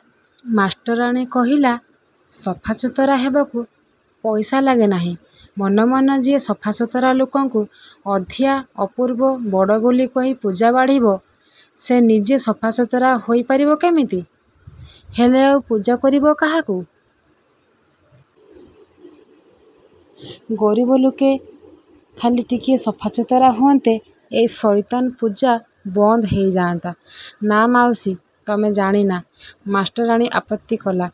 ' ମାଷ୍ଟରାଣୀ କହିଲା। ''ସଫା ସୁତୁରା ହେବାକୁ ପଇସା ଲାଗେ ନାହିଁ ମନ ମନ! ଯିଏ ସଫା ସୁତୁରା ଲୋକଙ୍କୁ ଅଧିଆ, ଅପୂର୍ବ, ବଡ଼ ବୋଲି କହି ପୂଜା ବାଢ଼ିବ ସେ ନିଜେ ସଫା ସୁତୁରା ହେଇ ପାରିବ କେମିତି। ହେଲେ ଆଉ ପୂଜା କରିବ କାହାକୁ? ଗରିବ ଲୋକେ ଖାଲି ଟିକିଏ ସଫା ସୁତୁରା ହୁଅନ୍ତେ ଏ ସଇତାନ ପୂଜା ବନ୍ଦ ହେଇଯାନ୍ତା। '' ''ନା ମାଉସୀ, ତମେ ଜାଣିନା! '' ମାଷ୍ଟରାଣୀ ଆପତ୍ତି କଲା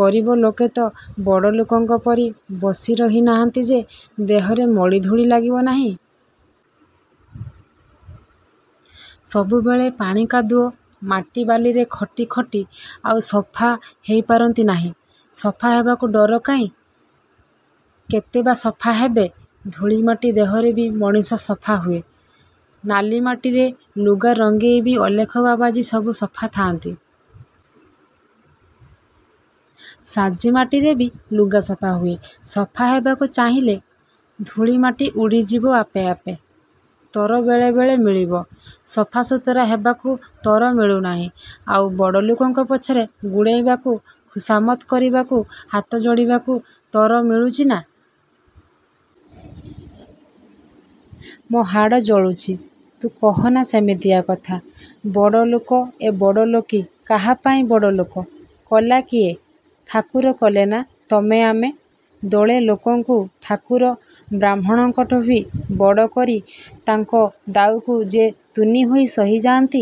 ''ଗରିବ ଲୋକେ ତ ବଡ଼ଲୋକଙ୍କ ପରି ବସି ରହି ନାହାନ୍ତି ଯେ ଦେହରେ ମଳି ଧୂଳି ଲାଗିବ ନାହିଁ। ସବୁବେଳେ ପାଣି କାଦୁଅ, ମାଟି ବାଲିରେ ଖଟି ଖଟି ଆଉ ସଫା ହେଇ ପାରନ୍ତି ନାହିଁ। ସଫା ହବାକୁ ଡର କାହିଁ? କେତେ ବା ସଫା ହେବେ? '' ''ଧୂଳି ମାଟି ଦେହରେବି ମଣିଷ ସଫା ହୁଏ। ନାଲିମାଟିରେ ଲୁଗା ରଙ୍ଗେଇବି ଅଲେଖ ବାବାଜି ସବୁ ସଫା ଥାଆନ୍ତି। ସାଜି ମାଟିରେବି ଲୁଗା ସଫା ହୁଏ। ସଫା ହବାକୁ ଚାହିଲେ ଧୂଳି ମାଟି ଉଡ଼ି ଯିବ ଆପେ ଆପେ। ତର ବଳେ ବଳେ ମିଳିବ। ସଫା ସୁତୁରା ହେବାକୁ ତର ମିଳୁ ନାହିଁ, ଆଉ ବଡ଼ଲୋକଙ୍କ ପଛରେ ଗୋଡ଼େଇବାକୁ, ଖୋସାମତ୍ କରିବାକୁ, ହାତ ଯୋଡ଼ିବାକୁ ତର ମିଳୁଚିନା? ମୋ ହାଡ଼ ଜଳୁଚିତୁ କହନା ସେମିତିଆ କଥା। ବଡ଼ଲୋକ ଏ ବଡ଼ଲୋକୀ। କାହାପାଇଁ ବଡ଼ଲୋକ କଲା କିଏ? ଠାକୁର କଲେନା, ତମେ ଆମେ? ଦଳେ ଲୋକଙ୍କୁ ଠାକୁର ବାହ୍ମୁଣଙ୍କଠୁବି ବଡ଼ କରି ତାଙ୍କ ଦାଉକୁ ଯେ ତୁନି ହେଇ ସହି ଯାଆନ୍ତି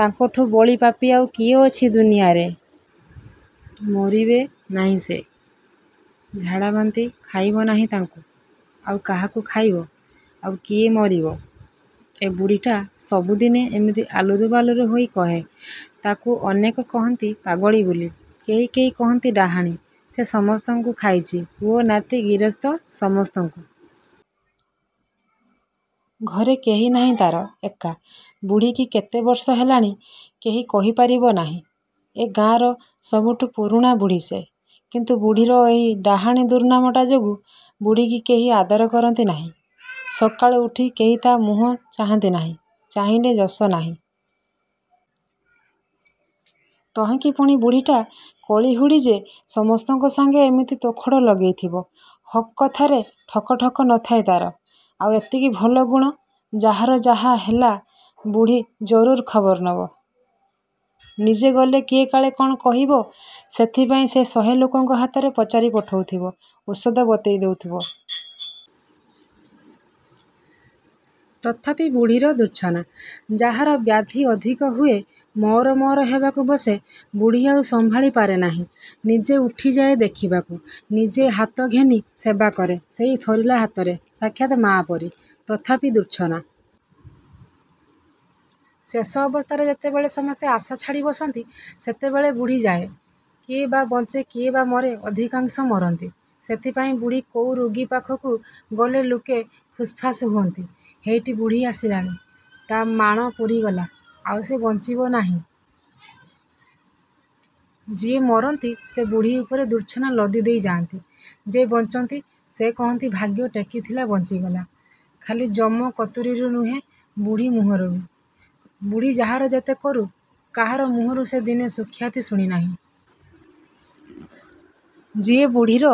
ତାଙ୍କଠୁ ବଳି ପାପୀ ଆଉ କିଏ ଅଛି ଦୁନିଆରେ? ମରିବେ ନାହିଁ ସେ? ଝାଡ଼ାବାନ୍ତି ଖାଇବ ନାହିଁ ତାଙ୍କୁ? ଆଉ କାହାକୁ ଖାଇବ? ଆଉ କିଏ ମରିବ? '' ଏ ବୁଢ଼ୀଟା ସବୁଦିନେ ଏମିତି ଆଲୁରୁ ବାଲୁରୁ ହୋଇ କହେ। ତାକୁ ଅନେକ କହନ୍ତି ପାଗଳି ବୋଲି। କେହି କେହି କହନ୍ତି ଡାହାଣୀ। ସେ ସମସ୍ତଙ୍କୁ ଖାଇଚି ପୁଅ ନାତି ଗିରସ୍ତ ସମସ୍ତଙ୍କୁ। ଘରେ କେହି ନାହିଁ ତା'ରଏ କା। ବୁଢ଼ୀକି କେତେ ବର୍ଷ ହେଲାଣି କେହି କହି ପାରିବ ନାହିଁ। ଏ ଗାଁର ସବୁଠୁ ପୁରୁଣା ବୁଢ଼ୀ ସେ। କିନ୍ତୁ ବୁଢ଼ୀର ଏହି ଡାହାଣୀ ଦୁର୍ନାମଟା ଯୋଗୁଁ ବୁଢ଼ୀକି କେହି ଆଦର କରନ୍ତି ନାହିଁ। ସକାଳୁ ଉଠି କେହି ତା' ମୁହଁ ଚାହାଁନ୍ତି ନାହିଁ ଚାହିଁଲେ ଯଶ ନାହିଁ। ତହିଁକି ପୁଣି ବୁଢ଼ୀଟା କଳିହୁଡ଼ି ଯେ ସମସ୍ତଙ୍କ ସାଙ୍ଗେ ଏମିତି ତୋଖଡ଼ ଲଗେଇଥିବ। ହକ୍ କଥାରେ ଠକ ଠକ ନ ଥାଏ ତା'ର। ଆଉ ଏତିକି ଭଲ ଗୁଣ, ଯାହାର ଯାହା ହେଲା ବୁଢ଼ୀ ଜରୁର୍ ଖବର ନବ। ନିଜେ ଗଲେ କିଏ କାଳେ କ'ଣ କହିବ, ସେଥିପାଇଁ ସେ ଶହେ ଲୋକଙ୍କ ହାତରେ ପଚାରି ପଠଉଥିବ; ଓଷଦ ବତେଇ ଦେଉଥିବ। ତଥାପି ବୁଢ଼ୀର ଦୁର୍ଚ୍ଛନା। ଯାହାର ବ୍ୟାଧି ଅତି ଅଧିକ ହୁଏ ମର ମର ହେବାକୁ ବସେ ବୁଢ଼ୀ ଆଉ ସମ୍ଭାଳି ପାରେ ନାହିଁ। ନିଜେ ଉଠିଯାଏ ଦେଖିବାକୁ। ନିଜେ ହାତ ଘେନି ସେବା କରେ ସେଇ ଥରିଲା ହାତରେ ସାକ୍ଷାତ ମା ପରି। ତଥାପି ଦୁର୍ଚ୍ଛନା। ଶେଷ ଅବସ୍ଥାରେ ଯେତେବେଳେ ସମସ୍ତେ ଆଶା ଛାଡ଼ି ବସନ୍ତି ସେତେବେଳେ ବୁଢ଼ୀ ଯାଏଁ। କିଏ ବା ବଞ୍ଚେ କିଏ ବା ମରେ ଅଧିକାଂଶ ମରନ୍ତି। ସେଥିପାଇଁ ବୁଢ଼ୀ କୋଉ ରୋଗୀ ପାଖକୁ ଗଲେ ଲୋକେ ଫୁସ୍ଫାସ୍ ହୁଅନ୍ତି ହେଇଟି ବୁଢ଼ୀ ଆସିଲାଣି। ତା' ମାଣ ପୂରିଗଲା, ଆଉ ସେ ବଞ୍ଚିବ ନାହିଁ। ଯିଏ ମରନ୍ତି ସେ ବୁଢ଼ୀ ଉପରେ ଦୁର୍ଚ୍ଛନା ଲଦି ଦେଇ ଯାଆନ୍ତି। ଯେ ବଞ୍ଚନ୍ତି, ସେ କହନ୍ତି ଭାଗ୍ୟ ଟେକି ଥିଲା ବଞ୍ଚିଗଲା। ଖାଲି ଯମ କତୁରୀରୁ ନୁହେଁ, ବୁଢ଼ୀ ମୁହଁରୁବି। ବୁଢ଼ୀ ଯାହାର ଯେତେ କରୁ, କାହାର ମୁହଁରୁ ସେ ଦିନେ ସୁଖ୍ୟାତି ଶୁଣି ନାହିଁ। ଯିଏ ବୁଢ଼ୀର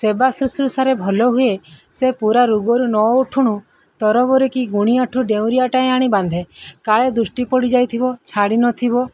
ସେବା ଶୁଶ୍ରୂଷାରେ ଭଲ ହୁଏ ସେ ପୂରା ରୋଗରୁ ନ ଉଠୁଣୁ ତରବର କି ଗୁଣିଆଠୁ ଡେଉଁରିଆଟାଏ ଆଣି ବାନ୍ଧେ। କାଳେ ଦୃଷ୍ଟି ପଡ଼ି ଯାଇଥିବ–ଛାଡ଼ି ନ ଥିବ।